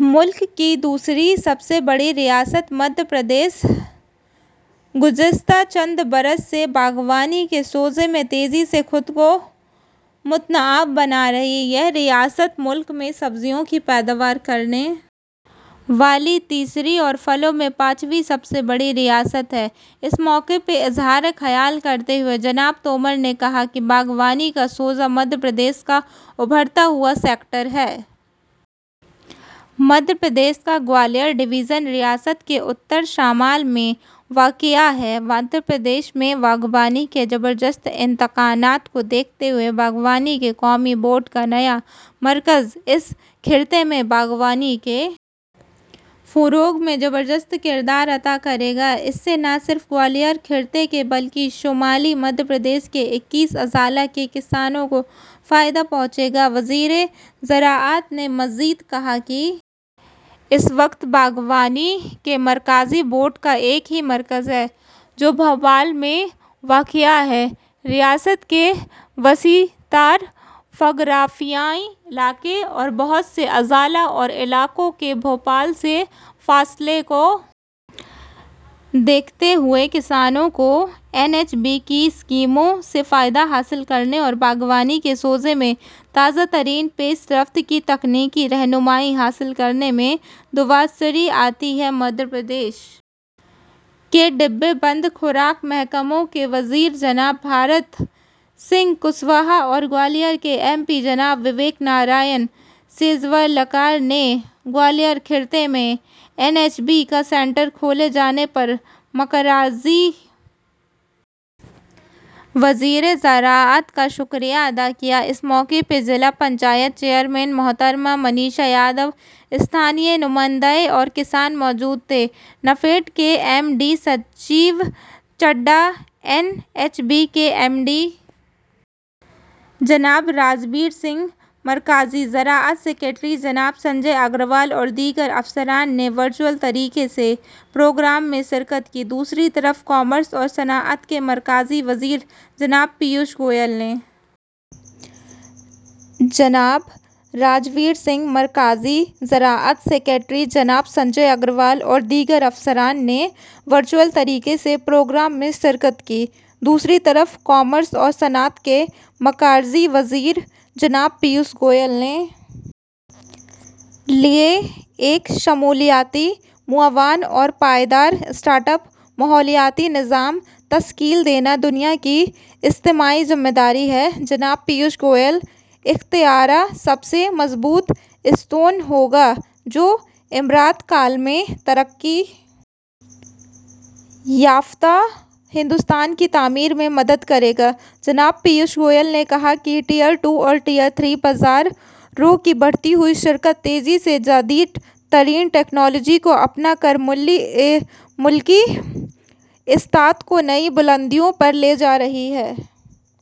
ملک کی دوسری سب سے بڑی ریاست مدھیہ پردیش گزشتہ چند برس سے باغبانی کے شعبے میں تیزی سے خود کو متنوع بنا رہی ہے یہ ریاست ملک میں سبزیوں کی پیداوار کرنے والی تیسری اور پھلوں میں پانچویں سب سے بڑی ریاست ہے اس موقع پر اظہار خیال کرتے ہوئے جناب تومر نے کہا کہ باغبانی کا شعبہ مدھیہ پردیش کا ابھرتا ہوا سیکٹر ہے مدھیہ پردیش کا گوالیر ڈویژن ریاست کے شمال میں واقع ہے مدھیہ پردیش میں باغبانی کے زبردست امکانات کو دیکھتے ہوئے باغبانی کے قومی بورڈ کا نیا مرکز اس خطے میں باغبانی کے فروغ میں زبردست کردار ادا کرے گا اس سے نہ صرف گوالیر خطے کے بلکہ شمالی مدھیہ پردیش کے اکیس اضلاع کے کسانوں کو فائدہ پہنچے گا وزیر زراعت نے مزید کہا کہ اس وقت باغبانی کے مرکزی بورڈ کا ایک ہی مرکز ہے جو بھوپال میں واقع ہے ریاست کے وسیع تر جغرافیائی علاقے اور بہت سے اضلاع اور علاقوں کے بھوپال سے فاصلے کو دیکھتے ہوئے کسانوں کو این ایچ بی کی اسکیموں سے فائدہ حاصل کرنے اور باغبانی کے شعبے میں تازہ ترین پیش رفت کی تکنیکی رہنمائی حاصل کرنے میں دشواری آتی ہے مدھیہ پردیش کے ڈبہ بند خوراک محکمے کے وزیر جناب بھرت سنگھ کشواہا اور گوالیر کے ایم پی جناب وویک نرائن شیجوالکر نے گوالیر خطے میں این ایچ بی کا سینٹر کھولے جانے پر مرکزی وزیر زراعت کا شکریہ ادا کیا اس موقع پر ضلع پنچایت چیئرمین محترمہ منیشا یادو مقامی نمائندے اور کسان موجود تھے نیفڈ کے M D Sanjeev Chadha N H B کے ایم ڈی جناب راج بیر سنگھ مرکزی زراعت سکریٹری جناب سنجے اگروال اور دیگر افسران نے ورچوئل طریقے سے پروگرام میں شرکت کی دوسری طرف کامرس اور صنعت کے مرکزی وزیر جناب پیوش گوئل نے عالمی اسٹارٹ اپ ماحولیاتی نظام کو مضبوط کرنے کے لیے صلاح کاروں سرمایہ کاروں اور کاروباریوں کا ایک بین الاقوامی نیٹ ورک بنانے کی ضرورت پر زور دیا عالمی چیلنجوں سے نمٹنے کے لیے ایک شمولیاتی معاون اور پائیدار اسٹارٹ اپ ماحولیاتی نظام تشکیل دینا دنیا کی اجتماعی ذمہ داری ہے جناب پیوش گوئل اختراع سب سے مضبوط ستون ہو گا جو امرت کال میں ترقی یافتہ ہندوستان کی تعمیر میں مدد کرے گا جناب پیوش گوئل نے کہا کہ ٹائر ٹو اور ٹائر تھری بازاروں کی بڑھتی ہوئی شرکت تیزی سے جدید ترین ٹیکنالوجی کو اپنا کر ملکی معیشت کو نئی بلندیوں پر لے جا رہی ہے